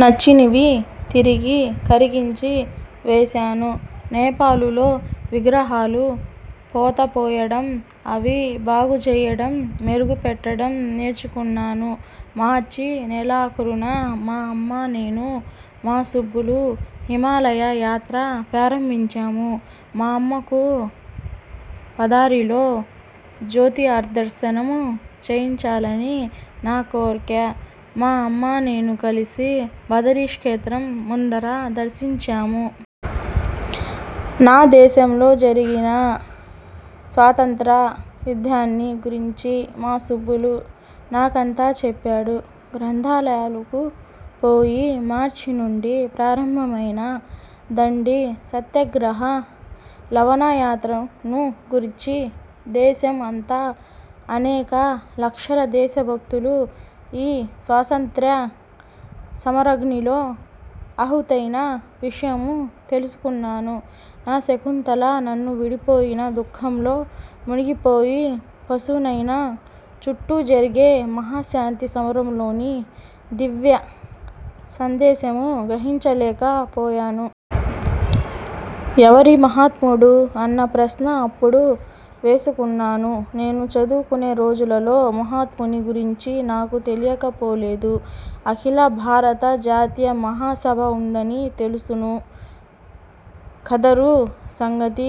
నచ్చనివి తిరిగి కరిగించి వేశాను. నేపాలులో విగ్రహాలు పోతపోయడం, అవి బాగుచెయ్యడం, మెరుగు పెట్టడం నేర్చుకున్నాను. మార్చి నెలాఖరున మా అమ్మా, నేనూ, మా సుబ్బులు హిమాలయ యాత్ర ప్రారంభించాము. మా అమ్మకు బదరిలో జ్యోతిర్దర్శనము చేయించాలని నా కోర్కె. మా అమ్మ, నేనూ కలిసి బదరీక్షేత్రం ముందర దర్శించాము. నా దేశంలో జరిగిన స్వాతంత్ర్య యుద్దాన్ని గూర్చి మా సుబ్బులు నాకంతా చెప్పాడు. గ్రంథాలయాలకుపోయి మార్చి నుండి ప్రారంభమైన దండి సత్యాగ్రహ లవణయాత్రనుగూర్చీ, దేశం అంతా అనేక లక్షల దేశభక్తులు ఈ స్వాతంత్ర్య సమరాగ్నిలో ఆహుతైన విషయమూ తెలుసుకొన్నాను. నా శకుంతల నన్ను విడిపోయిన దుఃఖంలో మునిగిపోయి, పశువునైనా చుట్టూ జరిగే మహాశాంతి సమరంలోని దివ్యసందేశము గ్రహించలేకపోయాను. ' ఎవ్వరీ మహాత్ముడు? ' అన్న ప్రశ్న అప్పుడు వేసుకున్నాను. నేను చదువుకునే రోజులలో మహాత్ముని గురించి నాకు తెలియకపోలేదు. అఖిలభారత జాతీయ మహాసభ ఉందనీ తెలుసును. ఖద్దరు సంగతీ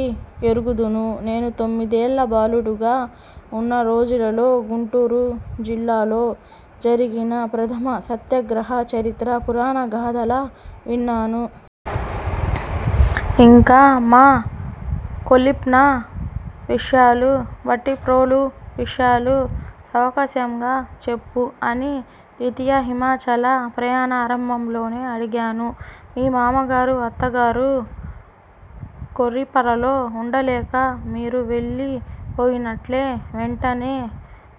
ఎరుగుదును. నేను తొమ్మిదేళ్ళ బాలుడుగా ఉన్న రోజులలో గుంటూరు జిల్లాలో జరిగిన ప్రథమ సత్యాగ్రహ చరిత్ర పూరాణగాథలా విన్నాను. యింక మా కొల్లిప్న విషయాలు, భట్టిప్రోలు విషయాలు సావకాశంగా చెప్పు'' అని ద్వితీయ హిమాచల ప్రయాణారంభంలోనే అడిగాను. '' మీ మామగారూ, అత్తగారు కొల్లిపరలో ఉండలేక, మీరు వెళ్ళి పోయినట్లే వెంటనే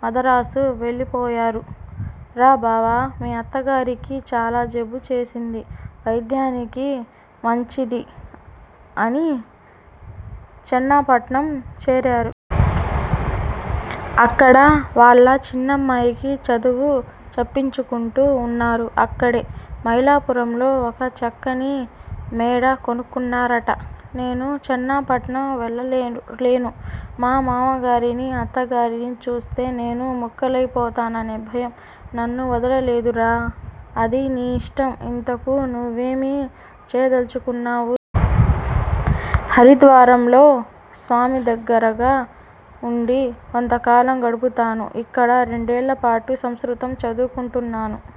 మదరాసు వెళ్ళిపోయారురాబావా! మీ అత్తగారికి చాలా జబ్బు చేసింది. వైద్యానికి మంచిది అని చెన్నపట్నం చేరారు. అక్కడ వాళ్ళ చిన్నమ్మాయికి చదువు చెప్పించుకుంటూ ఉన్నారు. అక్కడే మైలాపురంలో ఒక చక్కని మేడ కొనుక్కున్నారట! '''' నేను చెన్నపట్నం వెళ్ళలేను. మా మావగారినీ, అత్తగారినీ చూస్తే నేను ముక్కలయిపోతాననే భయం నన్నువదలలేదురా! '''' అది నీ యిష్టం. ఇంతకూ నువ్వేమి చేయదలచుకున్నావు? '''' హరిద్వారంలో స్వామిదగ్గరగా ఉండి కొంతకాలం గడుపుతాను. ఇక్కడ రెండేళ్ళపాటు సంస్కృతం చదువుకొంటాను.